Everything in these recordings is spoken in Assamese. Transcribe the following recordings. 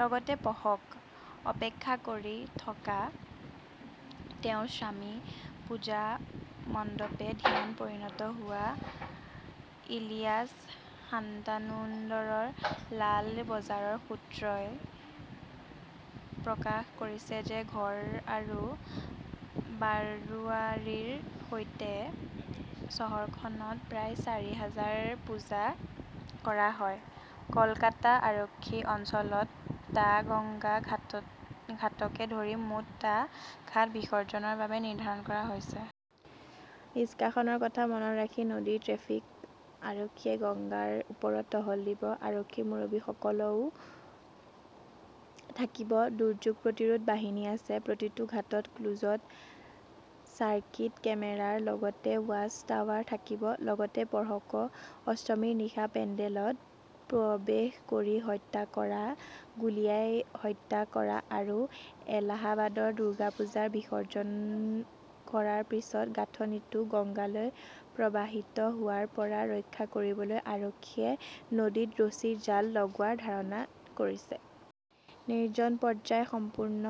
লগতে পঢ়কঃ অপেক্ষা কৰি থকা তেওঁৰ স্বামী, পূজা মণ্ডপে ধ্যানত পৰিণত হোৱা ইলিয়াছ শান্তানুন্দৰ লাল বজাৰৰ সূত্ৰই প্ৰকাশ কৰিছে যে ঘৰ আৰু বাৰোৱাৰীৰ সৈতে চহৰখনত প্ৰায় চাৰি হাজাৰ পূজা কৰা হয়। কলকাতা আৰক্ষী অঞ্চলত টা গংগা ঘাটকে ধৰি মুঠ টা ঘাট বিসৰ্জনৰ বাবে নিৰ্ধাৰণ কৰা হৈছে। নিষ্কাশনৰ কথা মনত ৰাখি নদীৰ ট্ৰেফিক আৰক্ষীয়ে গংগাৰ ওপৰত টহল দিব। আৰক্ষীৰ মুৰব্বীসকলও থাকিব। দুৰ্যোগ প্ৰতিৰোধ বাহিনী আছে। প্ৰতিটো ঘাটত ক্লোজ্ড চাৰ্কিট কেমেৰাৰ লগতে ৱাচ-টাৱাৰ থাকিব। লগতে পঢ়কঃ অষ্টমীৰ নিশা পেণ্ডেলত প্ৰৱেশ কৰি হত্যা কৰা, গুলীয়াই হত্যা কৰা আৰু এলাহাবাদৰ দুৰ্গা পূজা বিসৰ্জন কৰাৰ পিছত গাঁথনিটো গঙ্গালৈ প্ৰবাহিত হোৱাৰ পৰা ৰক্ষা কৰিবলৈ আৰক্ষীয়ে নদীত ৰছীৰ জাল লগোৱাৰ ধাৰণা কৰিছে। নিৰ্জন পৰ্যায় সম্পূৰ্ণ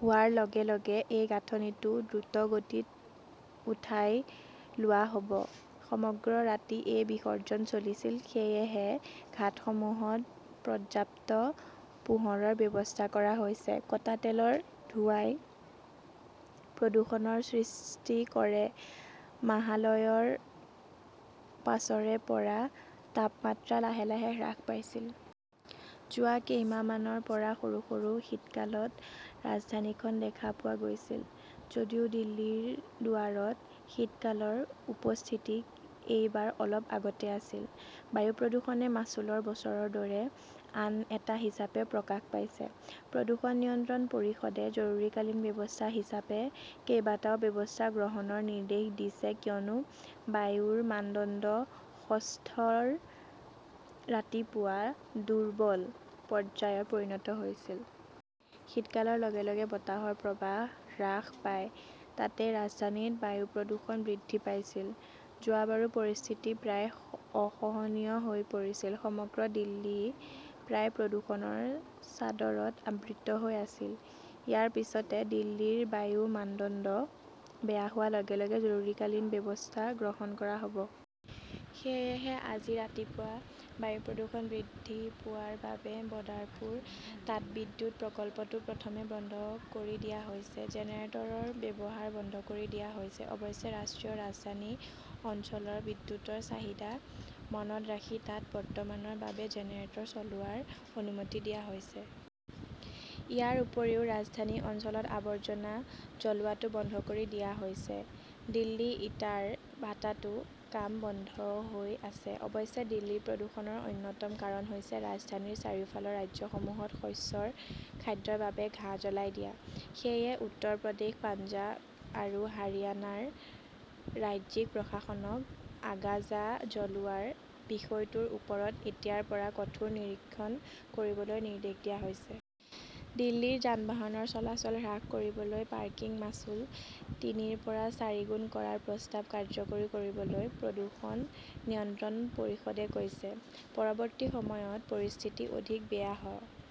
হোৱাৰ লগে লগে এই গাঁথনিটো দ্ৰুতগতিত উঠাই লোৱা হ "ব। সমগ্ৰ ৰাতি এই বিসৰ্জন চলিছিল। সেয়েহে ঘাটসমূহত পৰ্যাপ্ত পোহৰৰ ব্যৱস্থা কৰা হৈছে। কটা তেলৰ ধোঁৱাই প্ৰদূষণৰ সৃষ্টি কৰে মাহালয়ৰ পিছৰে পৰা তাপমাত্ৰা লাহে লাহে হ্ৰাস পাইছিল। যোৱা কেইমাহমানৰ পৰা সৰু সৰু শীতকালত ৰাজধানীখন দেখা পোৱা গৈছিল। যদিও দিল্লীৰ দুৱাৰত শীতকালৰ উপস্থিতি এইবাৰ অলপ আগতে আছিল, বায়ু প্ৰদূষণে মাচুলৰ বছৰৰ দৰে আন এটা হিচাপে প্ৰকাশ পাইছে। প্ৰদূষণ নিয়ন্ত্ৰণ পৰিষদে জৰুৰীকালীন ব্যৱস্থা হিচাপে কেইবাটাও ব্যৱস্থা গ্ৰহণৰ নিৰ্দেশ দিছে কিয়নো বায়ুৰ মানদণ্ড ষষ্ঠৰ ৰাতিপুৱা 'দুৰ্বল "পৰ্যায়ত পৰিণত হৈছিল। শীতকালৰ লগে লগে বতাহৰ প্ৰৱাহ হ্ৰাস পায়। তাতেই ৰাজধানীত বায়ু প্ৰদূষণ বৃদ্ধি পাইছিল। যোৱা বাৰো পৰিস্থিতি প্ৰায় অসহনীয় হৈ পৰিছিল। সমগ্ৰ দিল্লী প্ৰায় প্ৰদূষণৰ চাদৰত আবৃত হৈ আছিল। ইয়াৰ পিছতে, দিল্লীৰ বায়ুৰ মানদণ্ড বেয়া হোৱাৰ লগে লগে জৰুৰীকালীন ব্যৱস্থা গ্ৰহণ কৰা হ "ব। সেয়েহে আজি ৰাতিপুৱা বায়ু প্ৰদূষণ বৃদ্ধি পোৱাৰ বাবে বদাৰপুৰ তাপবিদ্যুৎ প্ৰকল্পটো প্ৰথমে বন্ধ কৰি দিয়া হৈছে। জেনেৰেটৰৰ ব্যৱহাৰ বন্ধ কৰি দিয়া হৈছে। অৱশ্যে, ৰাষ্ট্ৰীয় ৰাজধানী অঞ্চলৰ বিদ্যুৎৰ চাহিদা মনত ৰাখি তাত বৰ্তমানৰ বাবে জেনেৰেটৰ চলোৱাৰ অনুমতি দিয়া হৈছে। ইয়াৰ উপৰিও ৰাজধানী অঞ্চলত আৱৰ্জনা জ্বলোৱাটো বন্ধ কৰি দিয়া হৈছে। দিল্লীৰ ইটাৰ ভাটাতো কাম বন্ধ হৈ আছে। অৱশ্যে, দিল্লীৰ প্ৰদূষণৰ অন্যতম কাৰণ হৈছে ৰাজধানীৰ চাৰিওফালৰ ৰাজ্যসমূহত শস্যৰ খাদ্যৰ বাবে ঘাঁহ জ্বলাই দিয়া। সেয়েহে উত্তৰ প্ৰদেশ, পঞ্জাৱ আৰু হাৰিয়ানাৰ ৰাজ্যিক প্ৰশাসনক আগাছা জ্বলোৱাৰ বিষয়টোৰ ওপৰত এতিয়াৰ পৰা কঠোৰ নিৰীক্ষণ ৰাখিবলৈ নিৰ্দেশ দিয়া হৈছে। দিল্লীৰ যান-বাহনৰ চলাচল হ্ৰাস কৰিবলৈ পাৰ্কিং মাচুল তিনিৰ পৰা চাৰিগুণ কৰাৰ প্ৰস্তাৱ কাৰ্যকৰী কৰিবলৈ প্ৰদূষণ নিয়ন্ত্ৰণ পৰিষদে কৈছে। পৰৱৰ্তী সময়ত পৰিস্থিতি অধিক বেয়া হ